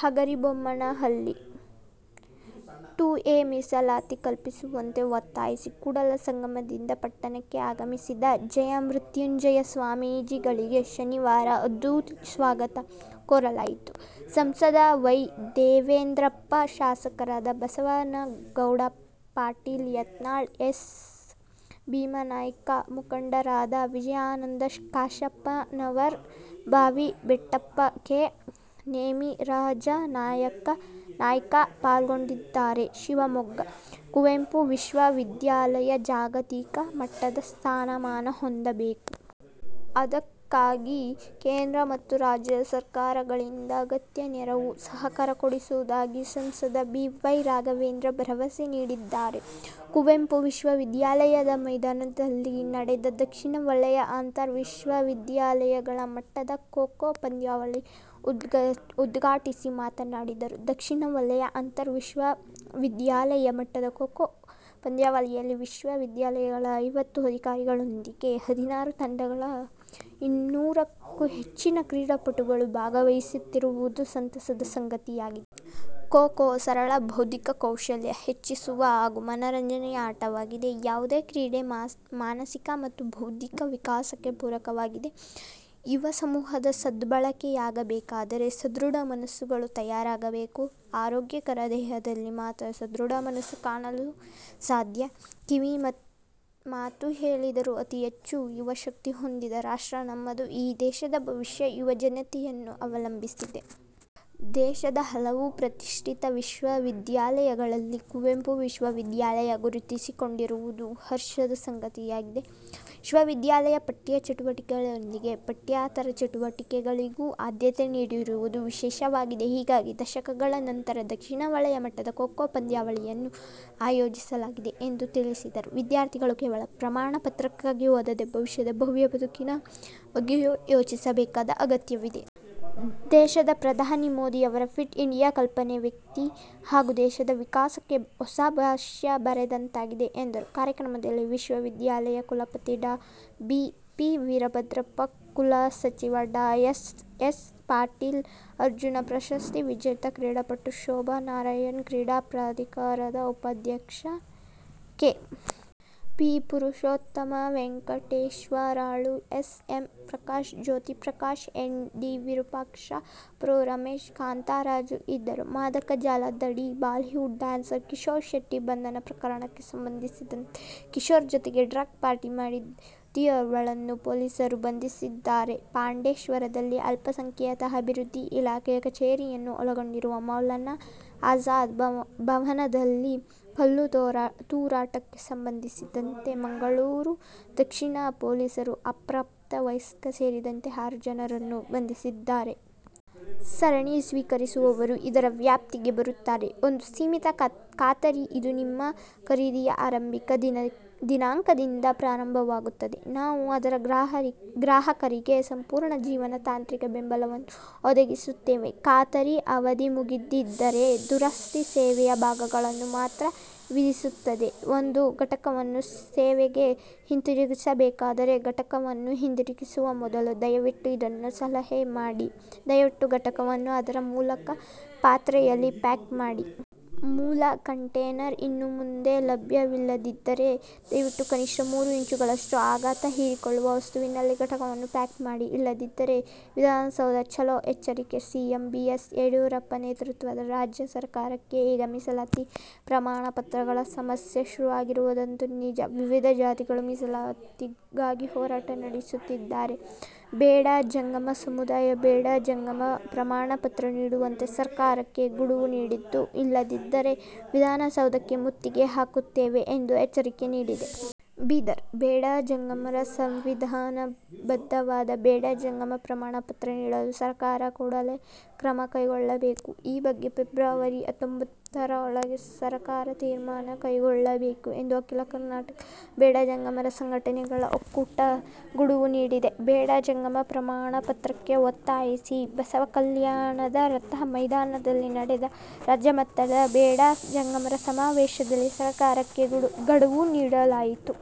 Hagaribommanahalli: two A ಮೀಸಲಾತಿ ಕಲ್ಪಿಸುವಂತೆ ಒತ್ತಾಯಿಸಿ ಕೂಡಲಸಂಗಮದಿಂದ ಪಟ್ಟಣಕ್ಕೆ ಆಗಮಿಸಿದ ಜಯಮೃತ್ಯುಂಜಯ ಸ್ವಾಮೀಜಿಗಳಿಗೆ ಶನಿವಾರ ಅದ್ಧೂರಿ ಸ್ವಾಗತ ಕೋರಲಾಯಿತು. ಸಂಸದ ವೈ. ದೇವೇಂದ್ರಪ್ಪ, ಶಾಸಕರಾದ ಬಸವನಗೌಡ ಪಾಟೀಲ್ ಯತ್ನಾಳ, ಎಸ್. ಭೀಮನಾಯ್ಕ, ಮುಖಂಡರಾದ ವಿಜಯಾನಂದ ಕಾಶಪ್ಪನವರ್, ಬಾವಿ ಬೆಟ್ಟಪ್ಪ, ಕೆ. ನೇಮಿರಾಜನಾಯ್ಕ ಪಾಲ್ಗೊಂಡಿದ್ದಾರೆ. ಶಿವಮೊಗ್ಗ: ಕುವೆಂಪು ವಿಶ್ವವಿದ್ಯಾಲಯ ಜಾಗತಿಕ ಮಟ್ಟದ ಸ್ಥಾನಮಾನ ಹೊಂದಬೇಕು. ಅದಕ್ಕಾಗಿ ಕೇಂದ್ರ ಮತ್ತು ರಾಜ್ಯ ಸರ್ಕಾರಗಳಿಂದ ಅಗತ್ಯ ನೆರವು, ಸಹಕಾರ ಕೊಡಿಸುವುದಾಗಿ ಸಂಸದ ಬಿ. ವೈ. ರಾಘವೇಂದ್ರ ಭರವಸೆ ನೀಡಿದ್ದಾರೆ. ಕುವೆಂಪು ವಿಶ್ವವಿದ್ಯಾಲಯದ ಮೈದಾನದಲ್ಲಿ ನಡೆದ ದಕ್ಷಿಣ ವಲಯ ಅಂತರ್ ವಿಶ್ವವಿದ್ಯಾಲಯಗಳ ಮಟ್ಟದ ಖೋ-ಖೋ ಪಂದ್ಯಾವಳಿ ಉದ್ಘಾಟಿಸಿ ಮಾತನಾಡಿದರು. ದಕ್ಷಿಣ ವಲಯ ಅಂತರ್ ವಿಶ್ವವಿದ್ಯಾಲಯ ಮಟ್ಟದ ಖೋ-ಖೋ ಪಂದ್ಯಾವಳಿಯಲ್ಲಿ ವಿಶ್ವ ವಿದ್ಯಾಲಯಗಳ ಐವತ್ತು ಅಧಿಕಾರಿಗಳೊಂದಿಗೆ ಹದಿನಾರು ತಂಡಗಳ ಇನ್ನೂರಕ್ಕೂ ಹೆಚ್ಚಿನ ಕ್ರೀಡಾಪಟುಗಳು ಭಾಗವಹಿಸುತ್ತಿರುವುದು ಸಂತಸದ ಸಂಗತಿಯಾಗಿದೆ. ಖೋ-ಖೋ ಸರಳ, ಬೌದ್ಧಿಕ ಕೌಶಲ್ಯ ಹೆಚ್ಚಿಸುವ ಹಾಗೂ ಮನರಂಜನೆಯ ಆಟವಾಗಿದೆ. ಯಾವುದೇ ಕ್ರೀಡೆ ಮಾನಸಿಕ ಮತ್ತು ಬೌದ್ಧಿಕ ವಿಕಾಸಕ್ಕೆ ಪೂರಕವಾಗಿದೆ. ಯುವ ಸಮೂಹದ ಸದ್ಬಳಕೆಯಾಗಬೇಕಾದರೆ ಸದೃಢ ಮನಸ್ಸುಗಳು ತಯಾರಾಗಬೇಕು. ಆರೋಗ್ಯಕರ ದೇಹದಲ್ಲಿ ಮಾತ್ರ ಸದೃಢ ಮನಸ್ಸು ಕಾಣಲು ಸಾಧ್ಯ ಕಿವಿ ಮಾತು ಹೇಳಿದರು. ಅತಿಹೆಚ್ಚು ಯುವಶಕ್ತಿ ಹೊಂದಿದ ರಾಷ್ಟ್ರ ನಮ್ಮದು, ಈ ದೇಶದ ಭವಿಷ್ಯ ಯುವಜನತೆಯನ್ನು ಅವಲಂಬಿಸಿದೆ. ದೇಶದ ಹಲವು ಪ್ರತಿಷ್ಠಿತ ವಿಶ್ವವಿದ್ಯಾಲಯಗಳಲ್ಲಿ ಕುವೆಂಪು ವಿಶ್ವವಿದ್ಯಾಲಯ ಗುರುತಿಸಿಕೊಂಡಿರುವುದು ಹರ್ಷದ ಸಂಗತಿಯಾಗಿದೆ. ವಿಶ್ವವಿದ್ಯಾಲಯ ಪಠ್ಯ ಚಟುವಟಿಕೆಗಳೊಂದಿಗೆ ಪಠ್ಯೇತರ ಚಟುವಟಿಕೆಗಳಿಗೂ ಆದ್ಯತೆ ನೀಡಿರುವುದು ವಿಶೇಷವಾಗಿದೆ. ಹೀಗಾಗಿ ದಶಕಗಳ ನಂತರ ದಕ್ಷಿಣ ವಲಯ ಮಟ್ಟದ ಖೋ-ಖೋ ಪಂದ್ಯಾವಳಿಯನ್ನು ಆಯೋಜಿಸಲಾಗಿದೆ ಎಂದು ತಿಳಿಸಿದರು. ವಿದ್ಯಾರ್ಥಿಗಳು ಕೇವಲ ಪ್ರಮಾಣ ಪತ್ರಕ್ಕಾಗಿ ಓದದೇ ಭವಿಷ್ಯದ ಭವ್ಯ ಬದುಕಿನ ಬಗ್ಗೆಯೂ ಯೋಚಿಸಬೇಕಾದ ಅಗತ್ಯವಿದೆ. ದೇಶದ ಪ್ರಧಾನಿ ಮೋದಿಯವರ ಫಿಟ್ ಇಂಡಿಯಾ ಕಲ್ಪನೆ ವ್ಯಕ್ತಿ ಹಾಗೂ ದೇಶದ ವಿಕಾಸಕ್ಕೆ ಹೊಸ ಭಾಷ್ಯ ಬರೆದಂತಾಗಿದೆ ಎಂದರು. ಕಾರ್ಯಕ್ರಮದಲ್ಲಿ ವಿಶ್ವವಿದ್ಯಾಲಯಯ ಕುಲಪತಿ ಡಾ. ಬಿ. ಪಿ. ವೀರಭದ್ರಪ್ಪ, ಕುಲಸಚಿವ ಡಾ. ಎಸ್. ಎಸ್. ಪಾಟೀಲ್, ಅರ್ಜುನ ಪ್ರಶಸ್ತಿ ವಿಜೇತ ಕ್ರೀಡಾಪಟು ಶೋಭಾ ನಾರಾಯಣ್, ಕ್ರೀಡಾ ಪ್ರಾಧಿಕಾರದ ಉಪಾಧ್ಯಕ್ಷ K. P. Purushottama, Venkateswarlu, S. M. Prakash, Jyothi Prakash, N. D. Virupaksha, pro. Ramesh, Kantharaju ಇದ್ದರು. ಮಾದಕ ಜಾಲದಡಿ ಬಾಲಿವುಡ್ ಡ್ಯಾನ್ಸರ್ ಕಿಶೋರ್ ಶೆಟ್ಟಿ ಬಂಧನ ಪ್ರಕರಣಕ್ಕೆ ಸಂಬಂಧಿಸಿದಂತೆ ಕಿಶೋರ್ ಜತೆಗೆ ಡ್ರಗ್ ಪಾರ್ಟಿ ಮಾಡಿದ್ದ ಯುವತಿಯೋರ್ವಳನ್ನು ಪೊಲೀಸರು ಬಂಧಿಸಿದ್ದಾರೆ. ಪಾಂಡೇಶ್ವರದಲ್ಲಿ ಅಲ್ಪಸಂಖ್ಯಾತ ಅಭಿವೃದ್ಧಿ ಇಲಾಖೆಯ ಕಚೇರಿಯನ್ನು ಒಳಗೊಂಡಿರುವ ಮೌಲಾನಾ ಆಜಾದ್ ಭವನದಲ್ಲಿ ಕಲ್ಲು ತೂರಾಟಕ್ಕೆ ಸಂಬಂಧಿಸಿದಂತೆ ಮಂಗಳೂರು ದಕ್ಷಿಣ ಪೊಲೀಸರು ಅಪ್ರಾಪ್ತ ವಯಸ್ಕ ಸೇರಿದಂತೆ ಆರು ಜನರನ್ನು ಬಂಧಿಸಿದ್ದಾರೆ. ಸರಣಿ ಸ್ವೀಕರಿಸುವವರು ಇದರ ವ್ಯಾಪ್ತಿಗೆ ಬರುತ್ತಾರೆ ಒಂದು ಸೀಮಿತ ಖಾತರಿ, ಇದು ನಿಮ್ಮ ಖರೀದಿಯ ಆರಂಭಿಕ ದಿನಾಂಕದಿಂದ ಪ್ರಾರಂಭವಾಗುತ್ತದೆ. ನಾವು ಅದರ ಗ್ರಾಹಕರಿಗೆ ಸಂಪೂರ್ಣ ಜೀವನ ತಾಂತ್ರಿಕ ಬೆಂಬಲವನ್ನು ಒದಗಿಸುತ್ತೇವೆ. ಖಾತರಿ ಅವಧಿ ಮುಗಿದಿದ್ದರೆ, ದುರಸ್ತಿ ಸೇವೆಯು ಭಾಗಗಳನ್ನು ಮಾತ್ರ ವಿಧಿಸುತ್ತದೆ. ಒಂದು ಘಟಕವನ್ನು ಸೇವೆಗೆ ಹಿಂತಿರುಗಿಸಬೇಕಾದರೆ, ಘಟಕವನ್ನು ಹಿಂದಿರುಗಿಸುವ ಮೊದಲು, ದಯವಿಟ್ಟು ಇದನ್ನು ಸಲಹೆ ಮಾಡಿ: ದಯವಿಟ್ಟು ಘಟಕವನ್ನು ಅದರ ಮೂಲ ಪಾತ್ರೆಯಲ್ಲಿ ಪ್ಯಾಕ್ ಮಾಡಿ. ಮೂಲ ಕಂಟೇನರ್ ಇನ್ನು ಮುಂದೆ ಲಭ್ಯವಿಲ್ಲದಿದ್ದರೆ, ದಯವಿಟ್ಟು ಕನಿಷ್ಠ ಮೂರು ಇಂಚುಗಳಷ್ಟು ಆಘಾತ ಹೀರಿಕೊಳ್ಳುವ ವಸ್ತುವಿನಲ್ಲಿ ಘಟಕವನ್ನು ಪ್ಯಾಕ್ ಮಾಡಿ. ಇಲ್ಲದಿದ್ದರೆ ವಿಧಾನಸೌಧ ಚಲೋ ಎಚ್ಚರಿಕೆ ಸಿಎಂ ಬಿಎಸ್ ಯಡಿಯೂರಪ್ಪ ನೇತೃತ್ವದ ರಾಜ್ಯ ಸರಕಾರಕ್ಕೆ ಈಗ ಮೀಸಲಾತಿ, ಪ್ರಮಾಣ ಪತ್ರಗಳ ಸಮಸ್ಯೆ ಶುರುವಾಗಿರುವುದಂತೂ ನಿಜ. ವಿವಿಧ ಜಾತಿಗಳು ಮೀಸಲಾತಿಗಾಗಿ ಹೋರಾಟ ನಡೆಸುತ್ತಿದ್ದರೆ, ಬೇಡ ಜಂಗಮ ಸಮುದಾಯ ಬೇಡ ಜಂಗಮ ಪ್ರಮಾಣ ಪತ್ರ ನೀಡುವಂತೆ ಸರಕಾರಕ್ಕೆ ಗುಡುವು ನೀಡಿದ್ದು, ಇಲ್ಲದಿದ್ದರೆ ವಿಧಾನಸೌಧಕ್ಕೆ ಮುತ್ತಿಗೆ ಹಾಕುತ್ತೇವೆ ಎಂದು ಎಚ್ಚರಿಕೆ ನೀಡಿದೆ. ಬೀದರ್: ಬೇಡ ಜಂಗಮರ ಸಂವಿಧಾನ ಬದ್ದವಾದ ಬೇಡ ಜಂಗಮ ಪ್ರಮಾಣ ಪತ್ರ ನೀಡಲು ಸರಕಾರ ಕೂಡಲೇ ಕ್ರಮ ಕೈಗೊಳ್ಳಬೇಕು. ಈ ಬಗ್ಗೆ ಫೆಬ್ರವರಿ ಹತ್ತೊಂಬತ್ತರ ಒಳಗೆ ಸರಕಾರ ತೀರ್ಮಾನ ಕೈಗೊಳ್ಳಬೇಕು ಎಂದು ಅಖಿಲ ಕರ್ನಾಟಕ ಬೇಡ ಜಂಗಮರ ಸಂಘಟನೆಗಳ ಒಕ್ಕೂಟ ಗಡುವು ನೀಡಿದೆ. ಬೇಡ ಜಂಗಮ ಪ್ರಮಾಣ ಪತ್ರಕ್ಕೆ ಒತ್ತಾಯಿಸಿ ಬಸವಕಲ್ಯಾಣದ ರಥ ಮೈದಾನದಲ್ಲಿ ನಡೆದ ರಾಜ್ಯಮಟ್ಟದ ಬೇಡ ಜಂಗಮರ ಸಮಾವೇಶದಲ್ಲಿ ಸರಕಾರಕ್ಕೆ ಗಡುವು ನೀಡಲಾಯಿತು.